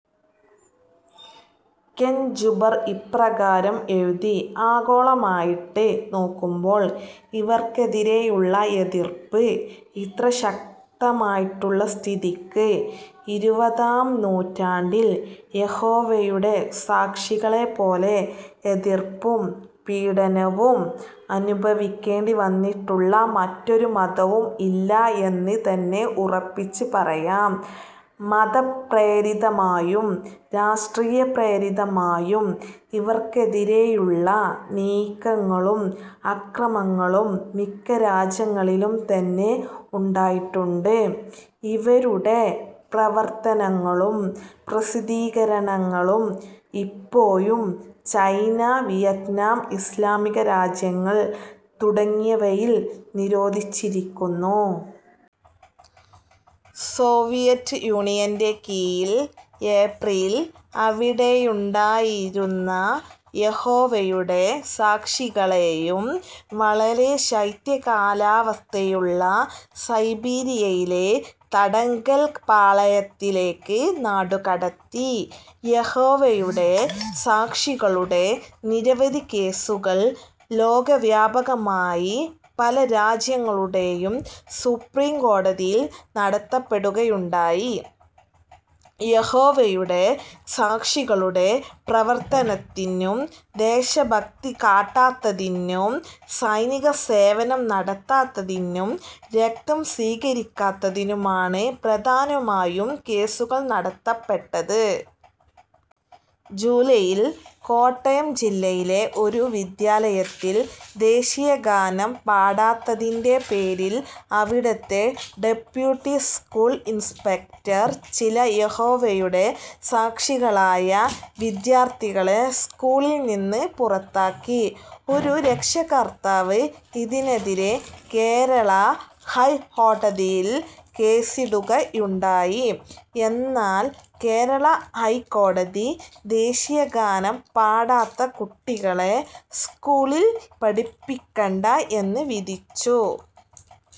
Ken Jubber ഇപ്രകാരം എഴുതി,"ആഗോളമായിട്ട് നോക്കുമ്പോൾ, ഇവർക്കെതിരെയുള്ള എതിർപ്പ് ഇത്രശക്തമായിട്ടുള്ള സ്ഥിതിക്ക് ഇരുപതാം നൂറ്റാണ്ടിൽ യഹോവയുടെ സാക്ഷികളെപോലെ എതിർപ്പും, പീഡനവും അനുഭവിക്കേണ്ടിവന്നിട്ടുള്ള മറ്റൊരു മതവും ഇല്ല എന്ന് തന്നെ ഉറപ്പിച്ച് പറയാം". മതപ്രേരിതമായും, രാഷ്ട്രീയപ്രേരിതമായും ഇവർക്കെതിരെയുള്ള നീക്കങ്ങളും അക്രമങ്ങളും മിക്ക രാജ്യങ്ങളിലും തന്നെ ഉണ്ടായിട്ടുണ്ട്. ഇവരുടെ പ്രവർത്തനങ്ങളും, പ്രസിദ്ധീകരണങ്ങളും ഇപ്പോഴും ചൈന, വിയറ്റ്നാം, ഇസ്ലാമിക രാജ്യങ്ങൾ തുടങ്ങിയവയിൽ നിരോധിച്ചിരിക്കുന്നു. സോവിയറ്റ് യൂണിയന്റെ കീഴിൽ ഏപ്രലിൽ അവിടെയുണ്ടായിരുന്ന യഹോവയുടെ സാക്ഷികളെയും വളരെ ശൈത്യകാലാവസ്ഥയുള്ള സൈബീരിയയിലെ തടങ്കൽ പാളയത്തിലേക്ക് നാടുകടത്തി. യഹോവയുടെ സാക്ഷികളുടെ നിരവധി കേസുകൾ ലോകവ്യാപകമായി പല രാജ്യങ്ങളുടെയും സുപ്രീം കോടതിയിൽ നടത്തപ്പെടുകയുണ്ടായി. യഹോവയുടെ സാക്ഷികളുടെ പ്രവർത്തനത്തിനും, ദേശഭക്തി കാട്ടാത്തതിനും, സൈനികസേവനം നടത്താത്തതിനും, രക്തം സ്വീകരിക്കാത്തതിനുമാണ് പ്രധാനമായും കേസുകൾ നടത്തപ്പെട്ടത്. ജുലൈയിൽ കോട്ടയം ജില്ലയിലെ ഒരു വിദ്യാലയത്തിൽ, ദേശീയഗാനം പാടാത്തതിന്റെ പേരിൽ അവിടത്തെ ഡെപ്യൂട്ടി സ്കൂൾ ഇൻസ്പക്റ്റർ ചില യഹോവയുടെ സാക്ഷികളായ വിദ്യാർത്ഥികളെ സ്കൂളിൽ നിന്ന് പുറത്താക്കി. ഒരു രക്ഷാകർത്താവ് ഇതിനെതിരെ കേരള ഹൈഹോടതിയിൽ കേസിടുകയുണ്ടായി. എന്നാൽ കേരള ഹൈക്കോടതി ദേശീയഗാനം പാടാത്ത കുട്ടികളെ സ്കൂളിൽ പഠിപ്പിക്കണ്ട എന്ന് വിധിച്ചു.